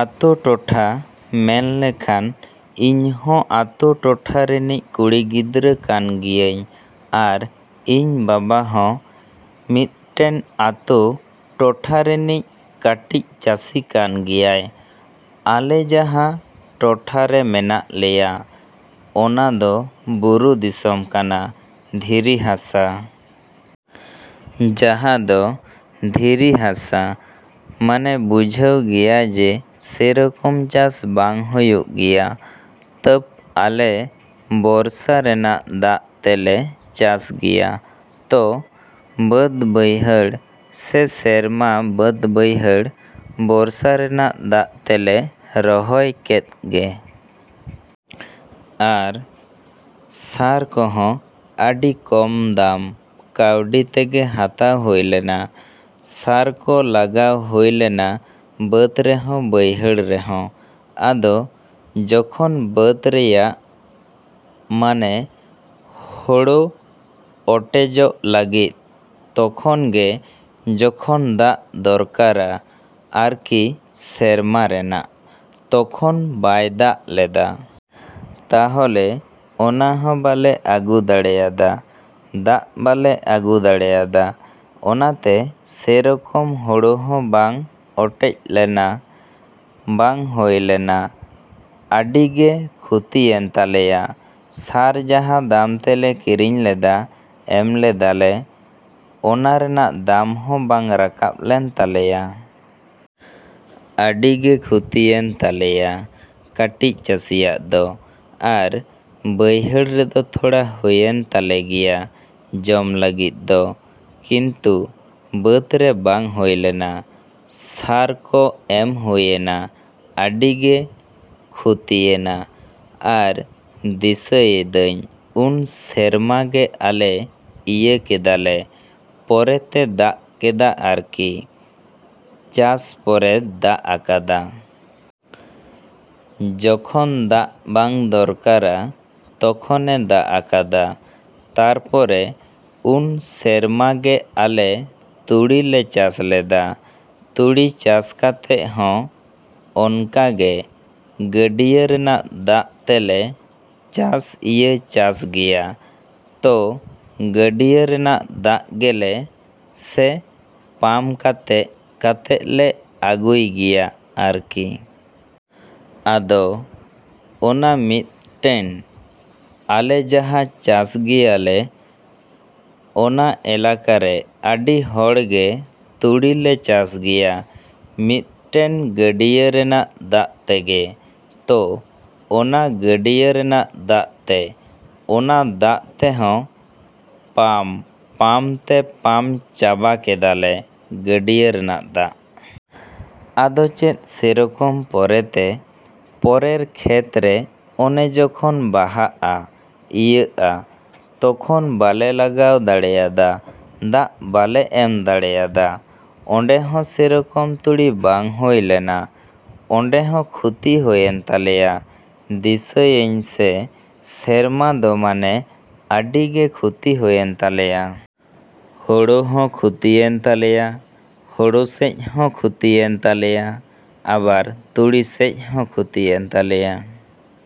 ᱟᱛᱳ ᱴᱚᱴᱷᱟ ᱢᱮᱱ ᱞᱮᱠᱷᱟᱱ ᱤᱧ ᱦᱚᱸ ᱟᱛᱳ ᱴᱚᱴᱷᱟ ᱨᱤᱱᱤᱡ ᱠᱩᱲᱤ ᱜᱤᱫᱽᱨᱟᱹ ᱠᱟᱱ ᱜᱤᱭᱟᱹᱧ ᱟᱨ ᱤᱧ ᱵᱟᱵᱟ ᱦᱚᱸ ᱢᱤᱫᱴᱮᱱ ᱟᱛᱳ ᱴᱚᱴᱷᱟ ᱨᱤᱱᱤᱡ ᱠᱟᱹᱴᱤᱡ ᱪᱟᱹᱥᱤ ᱠᱟᱱ ᱜᱮᱭᱟᱭ᱾ ᱟᱞᱮ ᱡᱟᱦᱟᱸ ᱴᱚᱴᱷᱟ ᱨᱮ ᱢᱮᱱᱟᱜ ᱞᱮᱭᱟ ᱚᱱᱟ ᱫᱚ ᱵᱩᱨᱩ ᱫᱤᱥᱚᱢ ᱠᱟᱱᱟ, ᱫᱷᱤᱨᱤ ᱦᱟᱥᱟ᱾ ᱡᱟᱦᱟᱸ ᱫᱚ ᱫᱷᱤᱨᱤ ᱦᱟᱥᱟ ᱢᱟᱱᱮ ᱵᱩᱡᱷᱟᱹᱣ ᱜᱮᱭᱟ ᱡᱮ ᱥᱮᱨᱚᱠᱚᱢ ᱪᱟᱥ ᱵᱟᱝ ᱦᱩᱭᱩᱜ ᱜᱮᱭᱟ᱾ ᱛᱟᱵᱽ ᱟᱞᱮ ᱵᱚᱨᱥᱟ ᱨᱮᱱᱟᱜ ᱫᱟᱜ ᱛᱮᱞᱮ ᱪᱟᱥ ᱜᱮᱭᱟ᱾ ᱛᱚ ᱵᱟᱸᱫᱽ ᱵᱟᱹᱭᱦᱟᱹᱲ ᱥᱮ ᱥᱮᱨᱢᱟ ᱵᱟᱹᱫᱽ ᱵᱟᱹᱭᱦᱟᱹᱲ ᱵᱚᱨᱥᱟ ᱨᱮᱱᱟᱜ ᱫᱟᱜ ᱛᱮᱞᱮ ᱨᱚᱦᱚᱭ ᱠᱮᱫ ᱜᱮ᱾ ᱟᱨ ᱥᱟᱨ ᱠᱚᱦᱚᱸ ᱟᱹᱰᱤ ᱫᱟᱢ ᱠᱟᱹᱣᱰᱤ ᱛᱮᱜᱮ ᱦᱟᱛᱟᱣ ᱦᱩᱭ ᱞᱮᱱᱟ᱾ ᱥᱟᱨ ᱠᱚ ᱞᱟᱜᱟᱣ ᱦᱩᱭ ᱞᱮᱱᱟ ᱵᱟᱸᱫᱽ ᱨᱮᱦᱚᱸ ᱵᱟᱹᱭᱦᱟᱹᱲ ᱨᱮᱦᱚᱸ᱾ ᱟᱫᱚ ᱡᱚᱠᱷᱚᱱ ᱵᱟᱹᱫᱽ ᱨᱮᱭᱟᱜ ᱢᱟᱱᱮ ᱦᱚᱲᱚ ᱚᱴᱮᱡᱚᱜ ᱞᱟᱹᱜᱤᱫ ᱛᱚᱠᱷᱚᱱ ᱜᱮ ᱡᱚᱠᱷᱚᱱ ᱫᱟᱜ ᱫᱚᱨᱠᱟᱨᱟ ᱟᱨᱠᱤ ᱥᱮᱨᱢᱟ ᱨᱮᱱᱟᱜ, ᱛᱚᱠᱷᱚᱱ ᱵᱟᱭ ᱫᱟᱜ ᱞᱮᱫᱟ᱾ ᱛᱟᱦᱚᱞᱮ ᱚᱱᱟ ᱦᱚᱸ ᱵᱟᱞᱮ ᱟᱹᱜᱩ ᱫᱟᱲᱮ ᱟᱫᱟ, ᱫᱟᱜ ᱵᱟᱞᱮ ᱟᱹᱜᱩ ᱫᱟᱲᱮ ᱟᱫᱟ᱾ ᱚᱱᱟᱛᱮ ᱥᱮᱨᱚᱠᱚᱢ ᱦᱚᱲᱚ ᱦᱚᱸ ᱵᱟᱝ ᱚᱴᱮᱡ ᱞᱮᱱᱟ, ᱵᱟᱝ ᱦᱩᱭ ᱞᱮᱱᱟ᱾ ᱟᱹᱰᱤ ᱜᱮ ᱠᱷᱚᱛᱤᱭᱮᱱ ᱛᱟᱞᱮᱭᱟ᱾ ᱥᱟᱨ ᱡᱟᱦᱟᱸ ᱫᱟᱢ ᱛᱮᱞᱮ ᱠᱤᱨᱤᱧ ᱞᱮᱫᱟ, ᱮᱢ ᱞᱮᱫᱟᱞᱮ, ᱚᱱᱟ ᱨᱮᱱᱟᱜ ᱫᱟᱢ ᱦᱚᱸ ᱵᱟᱝ ᱨᱟᱠᱟᱵᱽ ᱞᱮᱱ ᱛᱟᱞᱮᱭᱟ᱾ ᱟᱹᱰᱤ ᱜᱮ ᱠᱷᱚᱛᱤᱭᱮᱱ ᱛᱟᱞᱮᱭᱟ ᱠᱟᱹᱴᱤᱡ ᱪᱟᱹᱥᱤᱭᱟᱜ ᱫᱚ᱾ ᱟᱨ ᱵᱟᱹᱭᱦᱟᱹᱲ ᱨᱮᱫᱚ ᱛᱷᱚᱲᱟ ᱦᱩᱭᱮᱱ ᱛᱟᱞᱮ ᱜᱮᱭᱟ ᱡᱚᱢ ᱞᱟᱹᱜᱤᱫ ᱫᱚ ᱠᱤᱱᱛᱩ ᱵᱟᱸᱫᱽ ᱨᱮ ᱵᱟᱝ ᱦᱩᱭ ᱞᱮᱱᱟ᱾ ᱥᱟᱨ ᱠᱚ ᱮᱢ ᱦᱩᱭᱮᱱᱟ, ᱟᱹᱰᱤ ᱜᱮ ᱠᱷᱚᱛᱤᱭᱮᱱᱟ᱾ ᱟᱨ ᱫᱤᱥᱟᱹᱭᱮᱫᱟᱹᱧ ᱩᱱ ᱥᱮᱨᱢᱟ ᱜᱮ ᱟᱞᱮ ᱤᱭᱟᱹ ᱠᱮᱫᱟ ᱞᱮ, ᱯᱚᱨᱮ ᱛᱮ ᱫᱟᱜ ᱠᱮᱫᱟ ᱟᱨᱠᱤ, ᱪᱟᱥ ᱯᱚᱨᱮ ᱫᱟᱜ ᱟᱠᱟᱫᱟ᱾ ᱡᱚᱠᱷᱚᱱ ᱫᱟᱜ ᱵᱟᱝ ᱫᱚᱨᱠᱟᱨᱟ ᱛᱚᱠᱷᱚᱱᱮ ᱫᱟᱜ ᱟᱠᱟᱫᱟ᱾ ᱛᱟᱯᱚᱨᱮ ᱩᱱ ᱥᱮᱨᱢᱟ ᱜᱮ ᱟᱞᱮ ᱛᱩᱲᱤ ᱞᱮ ᱪᱟᱥ ᱞᱮᱫᱟ᱾ ᱛᱩᱲᱤ ᱪᱟᱥ ᱠᱟᱛᱮ ᱦᱚᱸ ᱚᱱᱠᱟ ᱜᱮ ᱜᱟᱹᱰᱭᱟᱹ ᱨᱮᱱᱟᱜ ᱫᱟᱜ ᱛᱮᱞᱮ ᱪᱟᱥ ᱤᱭᱟᱹ ᱪᱟᱥ ᱜᱮᱭᱟ᱾ ᱛᱚ ᱜᱟᱹᱰᱭᱟᱹ ᱨᱮᱱᱟᱜ ᱫᱟᱜ ᱜᱮᱞᱮ ᱥᱮ ᱯᱟᱢ ᱠᱟᱛᱮ ᱠᱟᱛᱮᱞᱮ ᱟᱹᱜᱩᱭ ᱜᱮᱭᱟ ᱟᱨᱠᱤ᱾ ᱟᱫᱚ ᱚᱱᱟ ᱢᱤᱫᱴᱮᱱ ᱟᱞᱮ ᱡᱟᱦᱟᱸ ᱪᱟᱥ ᱜᱮᱭᱟᱞᱮ ᱚᱱᱟ ᱮᱞᱟᱠᱟᱨᱮ ᱟᱹᱰᱤ ᱦᱚᱲ ᱜᱮ ᱛᱩᱲᱤ ᱞᱮ ᱪᱟᱥ ᱜᱮᱭᱟ ᱢᱤᱫᱴᱮᱱ ᱜᱟᱹᱰᱭᱟᱹ ᱨᱮᱱᱟᱜ ᱫᱟᱜ ᱛᱮᱜᱮ᱾ ᱛᱚ ᱚᱱᱟ ᱜᱟᱹᱰᱭᱟᱹ ᱨᱮᱱᱟᱜ ᱫᱟᱜ ᱛᱮ, ᱚᱱᱟ ᱫᱟᱜ ᱛᱮᱦᱚᱸ ᱯᱟᱢᱼᱯᱟᱢ ᱛᱮ ᱯᱟᱢ ᱪᱟᱵᱟ ᱠᱮᱫᱟ ᱞᱮ ᱜᱟᱹᱰᱭᱟᱹ ᱨᱮᱱᱟᱜ ᱫᱟᱜ᱾ ᱟᱫᱚ ᱪᱮᱫ ᱥᱮᱨᱚᱠᱚᱢ ᱯᱚᱨᱮ ᱛᱮ, ᱯᱚᱨᱮᱨ ᱠᱷᱮᱛᱨᱮ ᱚᱱᱮ ᱡᱚᱠᱷᱚᱱ ᱵᱟᱦᱟᱜᱼᱟ, ᱤᱭᱟᱹᱜᱼᱟ, ᱛᱚᱠᱷᱚᱱ ᱵᱟᱞᱮ ᱞᱟᱜᱟᱣ ᱫᱟᱲᱮ ᱟᱫᱟ, ᱫᱟᱜ ᱵᱟᱞᱮ ᱮᱢ ᱫᱟᱲᱮ ᱟᱫᱟ᱾ ᱚᱸᱰᱮᱦᱚᱸ ᱥᱮᱨᱚᱠᱚᱢ ᱛᱩᱲᱤ ᱵᱟᱝ ᱦᱩᱭ ᱞᱮᱱᱟ᱾ ᱚᱸᱰᱮᱦᱚᱸ ᱠᱷᱚᱛᱤ ᱦᱩᱭᱮᱱ ᱛᱟᱞᱮᱭᱟ᱾ ᱫᱤᱥᱟᱹᱤᱧ ᱥᱮ ᱥᱮᱨᱢᱟ ᱫᱚ ᱢᱟᱱᱮ ᱟᱹᱰᱤ ᱜᱮ ᱠᱷᱚᱛᱤ ᱦᱩᱭᱮᱱ ᱛᱟᱞᱮᱭᱟ᱾ ᱦᱳᱲᱳ ᱦᱚᱸ ᱠᱷᱚᱛᱤᱭᱮᱱ ᱛᱟᱞᱮᱭᱟ, ᱦᱳᱲᱳ ᱥᱮᱪ ᱦᱚᱸ ᱠᱷᱚᱛᱤ ᱦᱩᱭᱮᱱ ᱛᱟᱞᱮᱭᱟ, ᱟᱵᱟᱨ ᱛᱩᱲᱤ ᱥᱮᱪ ᱦᱚᱸ ᱠᱷᱚᱛᱤᱭᱮᱱ ᱛᱟᱞᱮᱭᱟ᱾